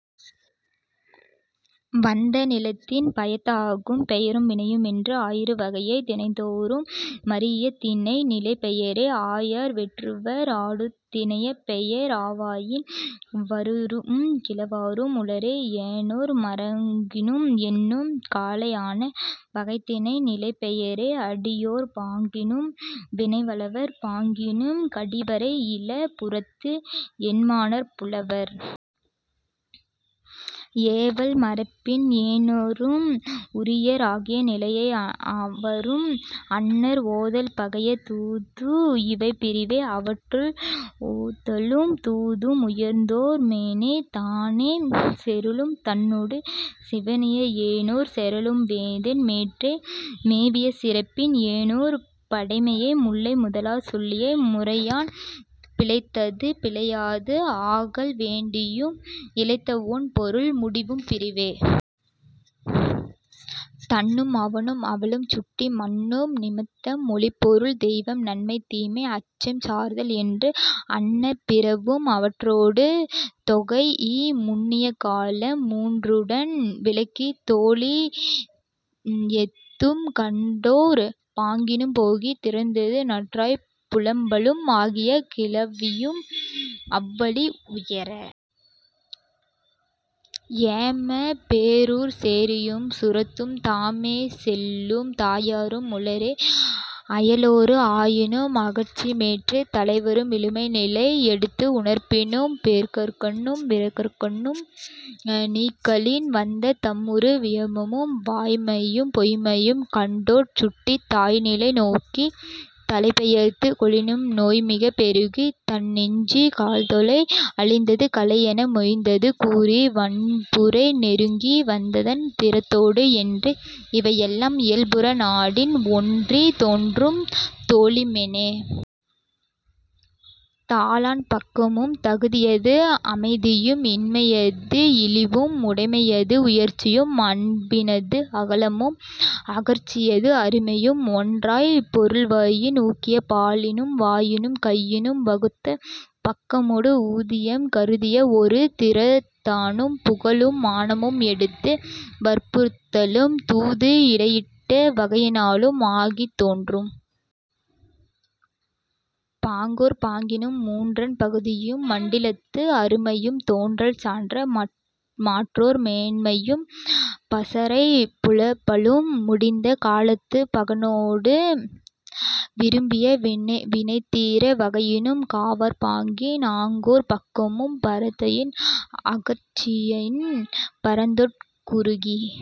வந்த நிலத்தின் பயத்த ஆகும். பெயரும் வினையும் என்று ஆயிரு வகைய திணைதொறும் மரீஇய திணை நிலைப் பெயரே. ஆயர் வேட்டுவர் ஆடூஉத் திணைப் பெயர் ஆவயின் வரூஉம் கிழவரும் உளரே. ஏனோர் மருங்கினும் எண்ணும் காலை ஆனா வகைய திணை நிலைப் பெயரே. அடியோர் பாங்கினும் வினைவலர் பாங்கினும் கடிவரை இல புறத்து என்மனார் புலவர். ஏவல் மரபின் ஏனோரும் உரியர் ஆகிய நிலைமை அவரும் அன்னர். ஓதல் பகையே தூது இவை பிரிவே. அவற்றுள், ஓதலும் தூதும் உயர்ந்தோர் மேனே. தானே சேறலும் தன்னொடு சிவணிய ஏனோர் சேறலும் வேந்தன் மேற்றே. மேவிய சிறப்பின் ஏனோர் படிமைய முல்லை முதலாச் சொல்லிய முறையான் பிழைத்தது பிழையாது ஆகல் வேண்டியும் இழைத்த ஒண் பொருள் முடியவும் பிரிவே. தன்னும் அவனும் அவளும் சுட்டி மன்னும் நிமித்தம் மொழிப் பொருள் தெய்வம் நன்மை தீமை அச்சம் சார்தல் என்று அன்ன பிறவும் அவற்றொடு தொகைஇ முன்னிய காலம் மூன்றுடன் விளக்கி தோழி எத்தும் கண்டோ ர் பாங்கினும் போகிய திறத்து நற்றாய் புலம்பலும் ஆகிய கிளவியும் அவ் வழி உயர ஏமப் பேரூர்ச் சேரியும் சுரத்தும் தாமே செல்லும் தாயரும் உளரே. அயலோர் ஆயினும் அகற்சி மேற்றே. தலைவரும் விழும நிலை எடுத்து உரைப்பினும் போக்கற்கண்ணும் விடுத்தற்கண்ணும் நீக்கலின் வந்த தம் உறு விழுமமும் வாய்மையும் பொய்ம்மையும் கண்டோ ற் சுட்டித் தாய் நிலை நோக்கித் தலைப்பெயர்த்துக் கொளினும் நோய் மிகப் பெருகித் தன் நெஞ்சு கலுழ்ந்தோளை அழிந்தது களை என மொழிந்தது கூறி வன்புறை நெருங்கி வந்ததன் திறத்தொடு என்று இவை எல்லாம் இயல்புற நாடின் ஒன்றித் தோன்றும் தோழி மேன. தாளாண் பக்கமும் தகுதியது அமைதியும் இன்மையது இளிவும் உடைமையது உயர்ச்சியும் அன்பினது அகலமும் அகற்சியது அருமையும் ஒன்றாப் பொருள்வயின் ஊக்கிய பாலினும் வாயினும் கையினும் வகுத்த பக்கமொடு ஊதியம் கருதிய ஒரு திறத்தானும் புகழும் மானமும் எடுத்து வற்புறுத்தலும் தூது இடையிட்ட வகையினானும் ஆகித் தோன்றும் பாங்கோர் பாங்கினும் மூன்றன் பகுதியும் மண்டிலத்து அருமையும் தோன்றல் சான்ற மாற்றோர் மேன்மையும் பாசறைப் புலம்பலும் முடிந்த காலத்துப் பாகனொடு விரும்பிய வினைத்திற வகையினும் காவற் பாங்கின் ஆங்கோர் பக்கமும் பரத்தையின் அகற்சியின் பரிந்தோட் குறுகி